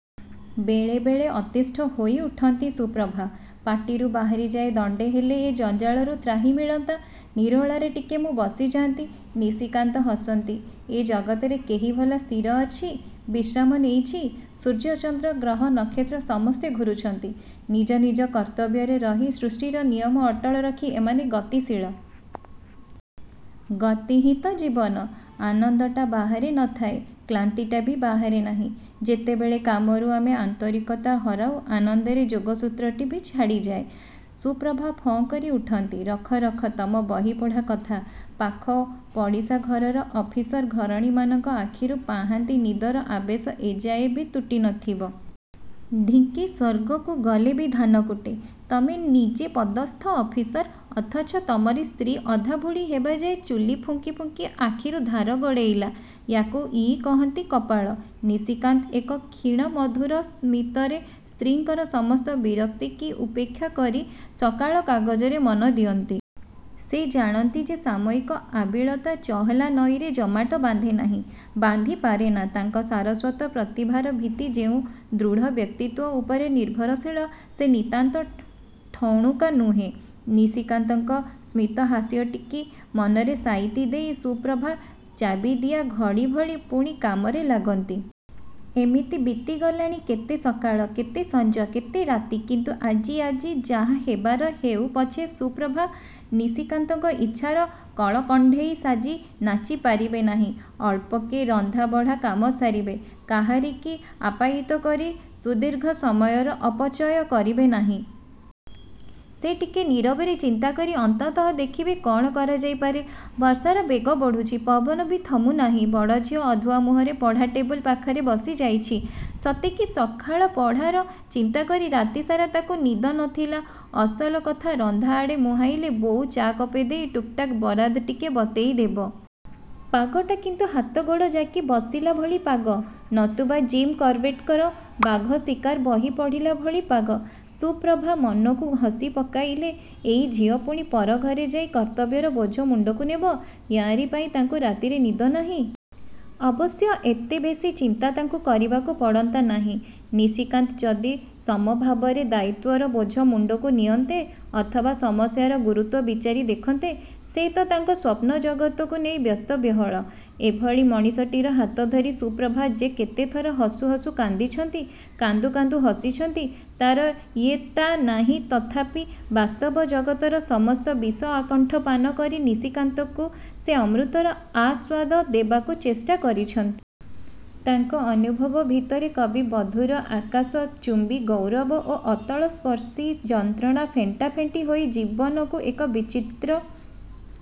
ବେଳେ ବେଳେ ଅତିଷ୍ଠ ହୋଇଉଠନ୍ତି, ସୁପ୍ରଭା। ପାଟିରୁ ବାହାରିଯାଏ ଦଣ୍ଡେ ହେଲେ ଏ ଜଞ୍ଜାଳରୁ ତ୍ରାହି ମିଳନ୍ତା, ନିରୋଳାରେ ଟିକେ ମୁଁ ବସି ଯାଆନ୍ତି। ନିଶିକାନ୍ତ ହସନ୍ତି। ଏ ଜଗତରେ, କେହିଭଲା, ସ୍ଥିର ଅଛି? ବିଶ୍ରାମ ନେଇଛି? ସୂର୍ଯ୍ୟଚନ୍ଦ୍ର ଗ୍ରହ ନକ୍ଷତ୍ର ସମସ୍ତେ ଘୂରୁଛନ୍ତି। ନିଜ ନିଜ କର୍ତ୍ତବ୍ୟରେ ରହି ସୃଷ୍ଟିର ନିୟମ ଅଟଳ ରଖି ଏମାନେ ଗତିଶୀଳ। ଗତି ହିଁ ତ ଜୀବନ। ଆନନ୍ଦଟା ବାହାରେ ନଥାଏ–କ୍ଳାନ୍ତିଟା ବି ବାହାରେ ନାହିଁ। ଯେତେବେଳେ କାମରୁ ଆମେ ଆନ୍ତରିକତା ହରାଉ ଆନନ୍ଦର ଯୋଗସୂତ୍ରଟି ବି ଛାଡ଼ିଯାଏ। ସୁପ୍ରଭା ଫଁ କରି ଉଠନ୍ତି। ରଖ ରଖ ତମ ବହି ପଢ଼ା କଥା। ପାଖ ପଡ଼ିଶା ଘରର ଅଫିସର ଘରଣୀମାନଙ୍କ ଆଖିରୁ ପାହାନ୍ତି ନିଦର ଆବେଶ ଏ ଯାଏ ବି ତୁଟି ନଥିବ। ଢିଙ୍କି ସ୍ୱର୍ଗକୁ ଗଲେ ବି ଧାନ କୁଟେ। ତମେ ନିଜେ ପଦସ୍ଥ ଅଫିସର–ଅଥଚ ତମରି ସ୍ତ୍ରୀ, ଅଧାବୁଢ଼ୀ ହେବାଯାଏ, ଚୁଲି ଫୁଙ୍କି ଫୁଙ୍କି, ଆଖିରୁ ଧାର ଗଡ଼େଇଲା। ୟାକୁ ଇ କହନ୍ତି କପାଳ। ନିଶିକାନ୍ତ ଏକ କ୍ଷୀଣ ମଧୁର ସ୍ମିତରେ ସ୍ତ୍ରୀଙ୍କର ସମସ୍ତ ବିରକ୍ତି କି ଉପେକ୍ଷା କରି ସକାଳ କାଗଜରେ ମନ ଦିଅନ୍ତି। ସେ ଜାଣନ୍ତି ଯେ ସାମୟିକ ଆବିଳତା ଚହଲା ନଈରେ ଜମାଟ ବାନ୍ଧେ ନାହିଁ, ବାନ୍ଧି ପାରେନା। ତାଙ୍କ ସାରସ୍ୱତ ପ୍ରତିଭାର ଭିତ୍ତି ଯେଉଁ ଦୃଢ଼ ବ୍ୟକ୍ତିତ୍ୱ ଉପରେ ନିର୍ଭରଶୀଳ, ସେ ନିତାନ୍ତ ଠଣୁକା ନୁହେଁ। ନିଶିକାନ୍ତଙ୍କ ସ୍ମିତହାସ୍ୟଟିକି ମନରେ ସାଇତି ଦେଇ ସୁପ୍ରଭା ଚାବିଦିଆ ଘଡ଼ିଭଳି, ପୁଣି କାମରେ ଲାଗନ୍ତି। ଏମିତି ବିତି ଗଲାଣି କେତେ ସକାଳ, କେତେ ସଞ୍ଜ, କେତେ ରାତି। କିନ୍ତୁ ଆଜି ଆଜି ଯାହା ହେବାର ହେଉ ପଛେ ସୁପ୍ରଭା ନିଶିକାନ୍ତଙ୍କ ଇଚ୍ଛାର କଳକଣ୍ଢେଇ ସାଜି ନାଚି ପାରିବେ ନାହିଁ। ଅଳ୍ପକେ ରନ୍ଧା ବଢ଼ା କାମ ସାରିବେ। କାହାରିକି ଆପ୍ୟାୟିତ କରି ସୁଦୀର୍ଘ ସମୟର ଅପଚୟ କରିବେ ନାହିଁ। ସେ ଟିକେ ନୀରବରେ ଚିନ୍ତାକରି ଅନ୍ତତଃ ଦେଖିବେ କ'ଣ କରାଯାଇପାରେ। ବର୍ଷାର ବେଗ ବଢ଼ୁଛି। ପବନ ବି ଥମୁ ନାହିଁ। ବଡ଼ଝିଅ, ଅଧୁଆ ମୁହଁରେ, ପଢ଼ା ଟେବୁଲ ପାଖରେ ବସି ଯାଇଛି। ସତେକି ସକାଳ ପଢ଼ାର ଚିନ୍ତାକରି, ରାତିସାରା ତାକୁ ନିଦ ନଥିଲା-। ଅସଲକଥା, ରନ୍ଧା ଆଡ଼େ ମୁହାଁଇଲେ ବୋଉ ଚା କପେ ଦେଇ ଟୁକ୍ଟାକ୍ ବରାଦ ଟିକେ ବତେଇ ଦେବ। ପାଗଟା କିନ୍ତୁ ହାତ ଗୋଡ଼ ଯାକି ବସିଲାଭଳି ପାଗ–ନତୁବା ଜିମ୍ କର୍ବେଟ୍ଙ୍କର ବାଘ ଶୀକାର ବହି ପଢ଼ିଲା ଭଳି ପାଗ। ସୁପ୍ରଭା ମନକୁ ହସି ପକେଇଲେ। ଏଇ ଝିଅ ପୁଣି, ପରଘରେ ଯାଇ କର୍ତ୍ତବ୍ୟର ବୋଝ ମୁଣ୍ଡକୁ ନେବ। ୟାରିପାଇଁ ତାଙ୍କୁ ରାତିରେ ନିଦ ନାହିଁ। ଅବଶ୍ୟ ଏତେ ବେଶି ଚିନ୍ତା ତାଙ୍କୁ କରିବାକୁ ପଡ଼ନ୍ତା ନାହିଁ। ନିଶିକାନ୍ତ ଯଦି ସମଭାବରେ ଦାୟିତ୍ୱର ବୋଝ ମୁଣ୍ଡକୁ ନିଅନ୍ତେ ଅଥବା ସମସ୍ୟାର ଗୁରୁତ୍ୱ ବିଚାରି ଦେଖନ୍ତେ। ସେ ତ ତାଙ୍କ ସ୍ୱପ୍ନ ଜଗତକୁ ନେଇ ବ୍ୟସ୍ତ ବିହ୍ୱଳ। ଏଭଳି ମଣିଷଟିର ହାତ ଧରି ସୁପ୍ରଭା ଯେ କେତେ ଥର ହସୁ ହସୁ କାନ୍ଦିଛନ୍ତି– କାନ୍ଦୁ କାନ୍ଦୁ ହସିଛନ୍ତି ତା'ର ଇୟତ୍ତା ନାହିଁ ତଥାପି ବାସ୍ତବ ଜଗତର ସମସ୍ତ ବିଷ ଆକଣ୍ଠ ପାନ କରି ନିଶିକାନ୍ତକୁ ସେ ଅମୃତର ଆସ୍ୱାଦ ଦେବାକୁ ଚେଷ୍ଟା କରିଛନ୍ତି। ତାଙ୍କ ଅନୁଭବ ଭିତରେ କବି ବଧୂର ଆକାଶ ଚୁମ୍ବି ଗୌରବ ଓ ଅତଳସ୍ପର୍ଶୀ ଯନ୍ତ୍ରଣା ଫେଣ୍ଟାଫେଣ୍ଟି ହୋଇ ଜୀବନକୁ ଏକ ବିଚିତ୍ର